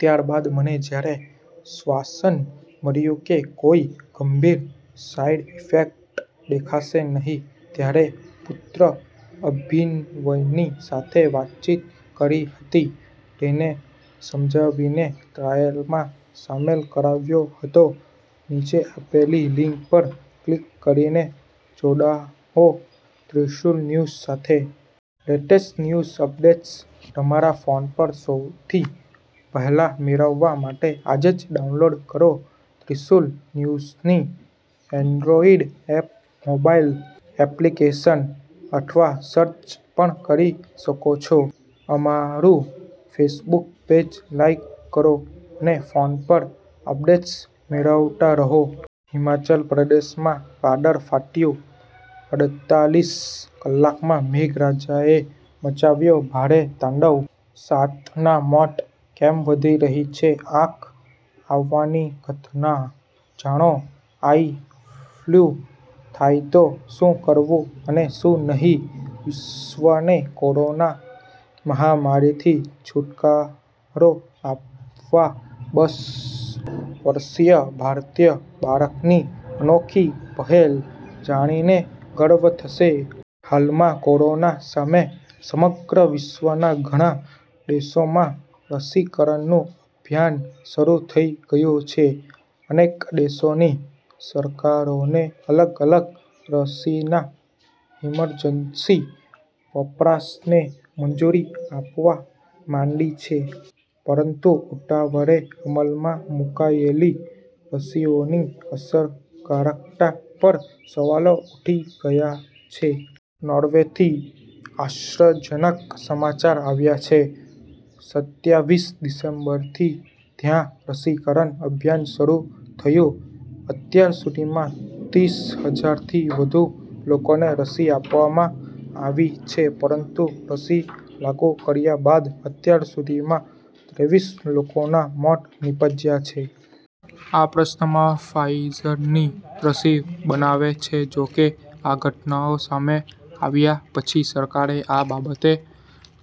ત્યારબાદ મને જ્યારે આશ્વાસન મળ્યું કે, કોઈ ગંભીર સાઈડ ઈફેક્ટ દેખાશે નહીં ત્યારે પુત્ર અભિનવની સાથે વાતચીત કરી હતી. તેને સમજાવીને ટ્રાયલમાં સામેલ કરાવ્યો હતો. નીચે આપેલી લીંક પર ક્લિક કરીને જોડાઓ ત્રિશુલ ન્યૂઝ સાથે. લેટેસ્ટ ન્યૂઝ અપડેટ્સ તમારા ફોન પર સૌથી પહેલા મેળવવા માટે આજે જ ડાઉનલોડ કરો ત્રિશુલ ન્યુઝની એન્ડ્રોઇડ એપ મોબાઇલ એપ્લિકેશન. અથવા સર્ચ પણ કરી શકો છો. અમારું ફેસબુક પેજ લાઈક કરો અને ફોન પર અપડેટ્સ મેળવતા રહો. હિમાચલ પ્રદેશમાં વાદળ ફાટ્યું. અડતાલીસ કલાકમાં મેઘરાજાએ મચાવ્યો ભારે તાંડવ- સાતનાં મોત. કેમ વધી રહી છે આંખ આવવાની ઘટના? જાણો 'આઈ ફ્લુ' થાય તો શું કરવું અને શું નહિ? વિશ્વને કોરોના મહામારીથી છુટકારો અપાવવા બસ વર્ષીય ભારતીય બાળકની અનોખી પહેલ- જાણીને ગર્વ થશે. હાલમાં કોરોના સામે સમગ્ર વિશ્વના ઘણા દેશોમાં રસીકરણનું અભિયાન શરૂ થઈ ગયું છે. અનેક દેશોની સરકારોએ અલગ-અલગ રસીના ઈમર્જન્સી વપરાશને મંજૂરી આપવા માંડી છે. પરંતુ ઉતાવળે અમલમાં મૂકાયેલી રસીઓની અસરકારક્તા પર સવાલો ઊઠવા લાગ્યા છે. નોર્વેથી આશ્ચર્યજનક સમાચાર આવ્યા છે. સત્યાવીસ ડિસેમ્બરથી ત્યાં રસીકરણ અભિયાન શરૂ થયું. અત્યાર સુધીમાં ત્રીસ હજારથી વધુ લોકોને રસી આપવામાં આવી છે. પરંતુ રસી લાગુ કર્યા બાદ અત્યાર સુધીમાં ત્રેવીસ લોકોનાં મોત નીપજ્યાં છે. આ પ્રશ્નમાં ફાઇઝરની રસી બનાવે છે. જોકે, આ ઘટનાઓ સામે આવ્યા પછી સરકારે આ બાબતને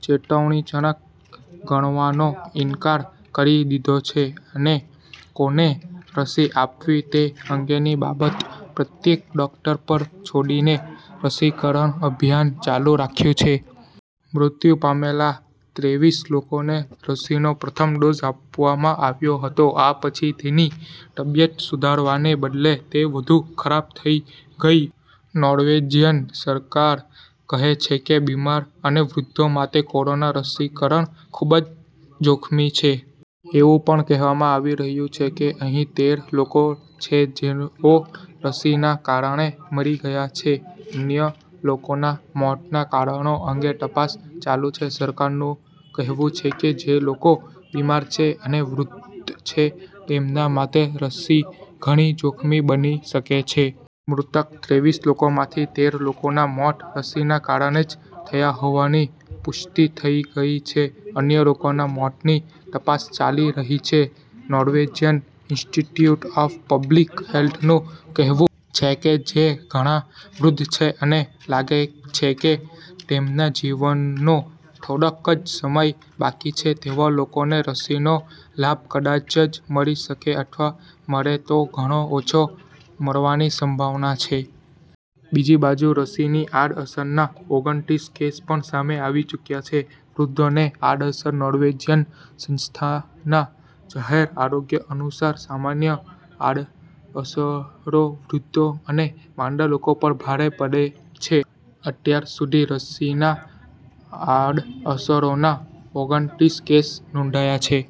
ચેતવણીજનક ગણવાનો ઈનકાર કરી દીધો છે, અને કોને રસી આપવી તે અંગેની બાબત પ્રત્યેક ડોક્ટર પર છોડીને રસીકરણ અભિયાન ચાલુ રાખ્યું છે. મૃત્યુ પામેલા ત્રેવીસ લોકોને રસીનો પ્રથમ ડોઝ આપવામાં આવ્યો હતો. આ પછી, તેની તબિયત સુધારવાને બદલે, તે વધુ ખરાબ થઈ ગઈ. નોર્વેજીયન સરકાર કહે છે કે બીમાર અને વૃદ્ધો માટે કોરોના રસીકરણ ખૂબ જોખમી છે. એવું પણ કહેવામાં આવી રહ્યું છે કે અહીં તેર લોકો છે જેઓ રસીના કારણે મરી ગયા છે. અન્ય લોકોનાં મોતનાં કારણો અંગે તપાસ ચાલુ છે. સરકારનું કહેવું છે કે, જે લોકો બીમાર છે અને વૃદ્ધ છે તેમના માટે રસી ઘણી જોખમી બની શકે છે. મૃતક ત્રેવીસ લોકોમાંથી તેર લોકોનાં મોત રસીના કારણે જ થયા હોવાની પુષ્ટી થઈ ગઈ છે. અન્ય લોકોના મોતની તપાસ ચાલી રહી છે. નોર્વેજિયન ઈન્સ્ટિટયૂટ ઓફ પબ્લિક હેલ્થનું કહેવું છે કે, જે ઘણા વૃદ્ધ છે અને લાગે છે કે તેમના જીવનનો થોડોક જ સમય બાકી છે તેવા લોકોને રસીનો લાભ કદાચ જ મળી શકે અથવા મળે તો ઘણો ઓછો મળવાની સંભાવના છે. બીજી બાજુ રસીની આડ અસરના ઓગણત્રીસ કેસ પણ સામે આવી ચૂક્યા છે. વૃદ્ધોને આડઅસર નોર્વેજીયન સંસ્થાના જાહેર આરોગ્ય અનુસાર, સામાન્ય આડઅસરો વૃદ્ધો અને માંદા લોકો પર ભારે પડી છે. અત્યાર સુધી રસીના આડઅસરોના ઓગણત્રીસ કેસ નોંધાયા છે.